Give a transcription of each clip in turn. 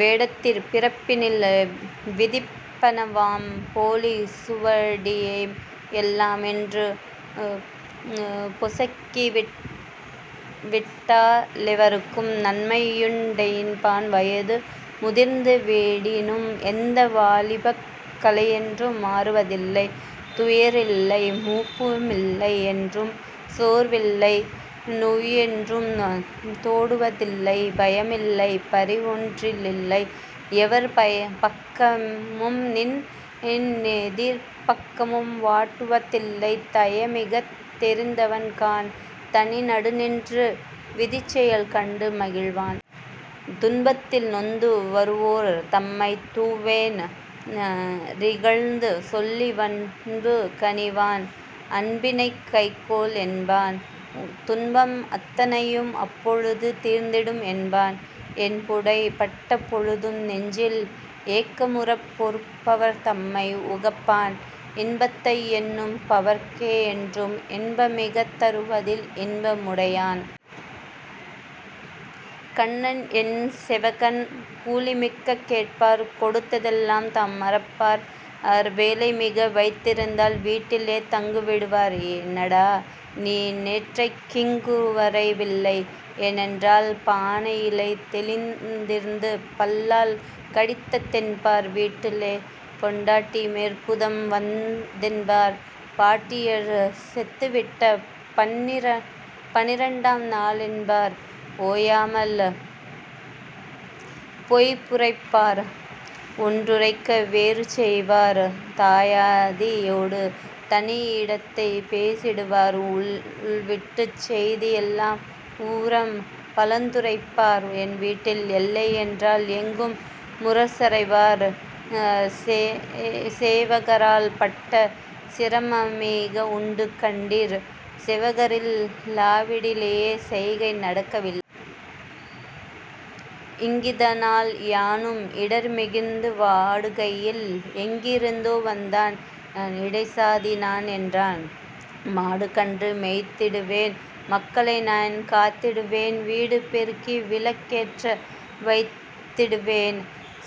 வேடத்திற் பிறப்பினில் விதிப்பன வாம் போலிச் சுவடியை யெல்லாம் இன்று பொசுக்கிவிட்டாலெவர்க்கும் நன்மையுண்டென்பான். வயது முதிர்ந்து விடினும் எந்தை வாலிபக் களையென்றும் மாறுவதில்லை; துயரில்லை; மூப்பு மில்லை, என்றும் சோர்வில்லை; நோயொன்றும் தொடுவ தில்லை; பயமில்லை, பரிவொன்றில்லை, எவர் பக்கமும்நின் றெதிர்ப்பக்கம் வாட்டுவ தில்லை நயமிகத் தெரிந்தவன் காண்; தனி நடுநின்று விதிச்செயல் கண்டு மகிழ்வான். துன்பத்தில் நொந்து வருவோர் தம்மைத் தூவென் றிகழ்ந்து சொல்லி வன்பு கனிவான்; அன்பினைக் கைக்கொள் என்பான்; துன்பம் அத்தனையும் அப்பொழுது தீர்ந்திடும் என்பான்; என்புடை பட்ட பொழுதும் நெஞ்சில் ஏக்கமுறப் பொறுப்பவர் தம்மை உகப்பான்; இன்பத்தை எண்ணு பவர்க்கே என்றும் இன்பமிகத் தருவதில் இன்ப முடையான்... கண்ணன் என் சேவகன் கூலிமிகக் கேட்பார் கொடுத்ததெலாம் தாம் மறப்பார்: வேலைமிக வைத்திருந்தால் வீட்டிலே தங்கிடுவார்; 'ஏனடா, நீ நேற்றைக் கிங்குவர வில்லை' யென்றால் பானையிலே தேளிருந்து பல்லால் கடித்த தென்பார்; வீட்டிலே பெண்டாட்டி மேற்பூதம் வந்ததென்பார்; பாட்டியார் செத்துவிட்ட பன்னிரண்டாம் நாளென்பார்; ஓயாமல் பொய்யுரைப்பார்; ஒன்றுரைக்க வேறுசெய்வார்; தாயாதி யோடு தனியிடத்தே பேசிடுவார்; உள்வீட்டுச் செய்தியெல்லாம் ஊரம் பலத்துரைப்பார்; என்வீட்டில் இல்லையென்றால் எங்கும் முரசறைவார்; சேவகரால் பட்ட சிரமமிக உண்டு கண்டீர்; சேவகரில் லாவிடிலோ, செய்கை நடக்கவில்லை. இங்கிதனால் யானும் இடர்மிகுந்து வாடுகையில்; எங்கிருந்தோ வந்தான், 'இடைச்சாதி நான்' என்றான்; ''மாடுகன்று மேய்த்திடுவேன், மக்களை நான் காத்திடுவேன் வீடு பெருக்கி விளக்கேற்றி வைத்திடுவேன்;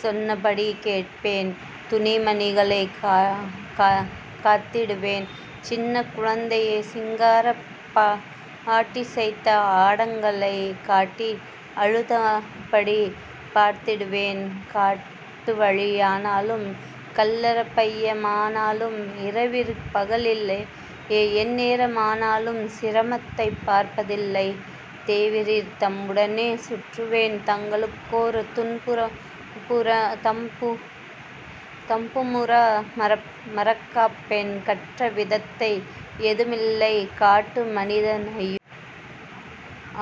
சொன்னபடி கேட்பேன்; துணிமணிகள் காத்திடுவேன்; சின்னக் குழந்தைக்குச் சிங்காரப் பாட்டிசைத்தே ஆட்டங்கள் காட்டி அழாதபடி பார்த்திடுவேன்; காட்டுவழி யானாலும், கள்ளர்பய மானாலும்; இரவிற் பகலிலே எந்நேர மானாலும் சிரமத்தைப் பார்ப்பதில்லை, தேவரீர் தம்முடனே சுற்றுவேன் தங்களுக்கோர் துன்பமுறா மற்காப்போன்; கற்ற வித்தை யேதுமில்லை; காட்டு மனிதன்; ஐயே!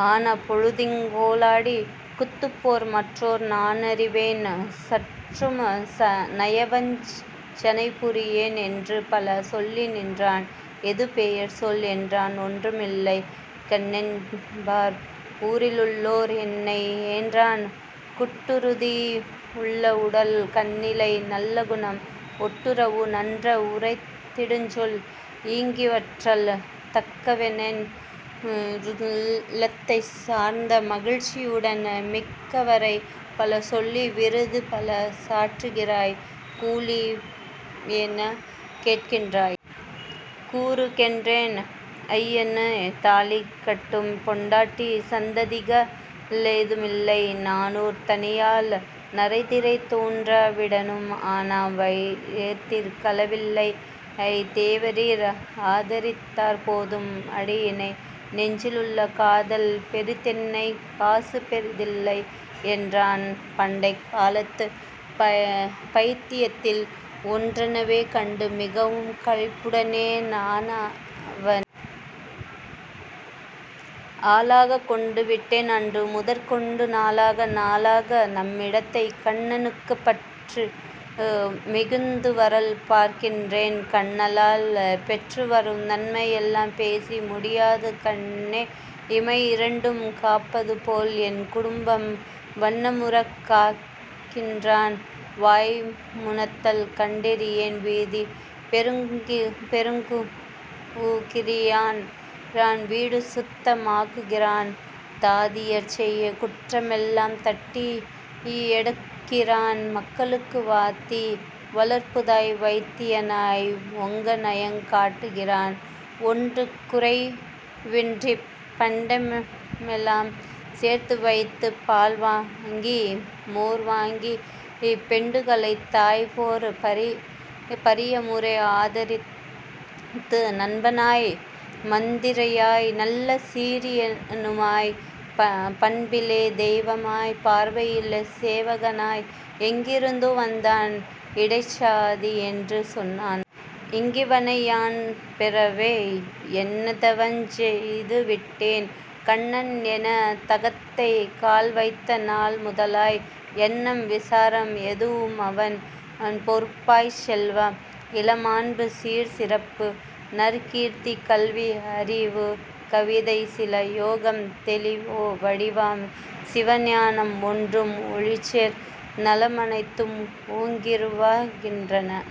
ஆன பொழுதுங் கோலடி குத்துப்போர் மற்போர் நானறிவேன்; சற்றும் நயவஞ் சனைபுரியேன்'' என்றுபல சொல்லி நின்றான் ''ஏது பெயர்? சொல்'' என்றேன் ''ஒன்றுமில்லை; கண்ணனென்பார் ஊரிலுள்ளோர் என்னை'' என்றான். கட்டுறுதி யுள்ளவுடல், கண்ணிலே நல்லகுணம் ஒட்டுறவே நன்றா உரைத்திடுஞ்சொல் -ஈங்கிவற்றால்; தக்கவனென் றுள்ளத்தே சார்ந்த மகிழ்ச்சியுடன், ''மிக்கவுரை பலசொல்லி விருதுபல சாற்றுகிறாய்; கூலியென்ன கேட்கின்றாய்? கூறு'' கென்றேன். ''ஐயனே! தாலிகட்டும் பெண்டாட்டி சந்ததிக ளேதுமில்லை; நானோர் தனியாள்; நரைதிரை தோன்றா விடினும் ஆன வயதிற் களவில்லை; தேவரீர் ஆதரித்தாற் போதும் அடியேனை; நெஞ்சிலுள்ள காதல் பெரிதெனக்குக் காசுபெரி தில்லை'' யென்றான். பண்டைக் காலத்து பயித்தியத்தில் ஒன்றெனவே கண்டு மிகவும் களிப்புடனே நானவனை. ஆளாகக் கொண்டு விட்டேன் அன்று முதற்கொண்டு, நாளாக நாளாக, நம்மிடத்தே கண்ணனுக்குப் பற்று மிகுந்துவரல் பார்க்கின்றேன்; கண்ணனால் பெற்றுவரும் நன்மையெல்லாம் பேசி முடியாது கண்ணை இமையிரண்டும் காப்பதுபோல், என் குடும்பம் வண்ணமுறக் காக்கின்றான் வாய்முணுத்தல் கண்டிறியேன் வீதி பெருக்குகிறான்; வீடு சுத்த மாக்குகிறான்; தாதியர்செய் குற்றமெல்லாம் தட்டி யடக்குகிறான்; மக்களுக்கு வாத்தி, வளர்ப்புத்தாய், வைத்தியனாய் ஒக்கநயங் காட்டுகிறான்; ஒன்றுங் குறைவின்றிப் பண்டமெலாம் சேர்த்துவைத்துப் பால்வாங்கி மோர் வாங்கிப் பெண்டுகளைத் தாய்போற் பிரியமுற ஆதரித்து நண்பனாய், மந்திரியாய், நல்ல சிரியனுமாய், பண்பிலே தெய்வமாய்ப் பார்வையிலே சேவகனாய், எங்கிருந்தோ வந்தான், இடைச்சாதியென்று சொன்னான். இங்கிவனை யான் பெறவே என்னதவஞ் செய்து விட்டேன்! கண்ணன் என தகத்தே கால்வைத்த நாள்முதலாய் எண்ணம் விசாரம் எதுவுமவன் பொறுப்பாய்ச் செல்வம், இளமாண்பு, சீர், சிறப்பு, நற்கீர்த்தி, கல்வி, அறிவு, கவிதை, சிவ யோகம், தெளிவே வடிவாம் சிவஞானம், என்றும் ஒளிசேர் நலமனைத்தும் ஓங்கிவரு கின்றன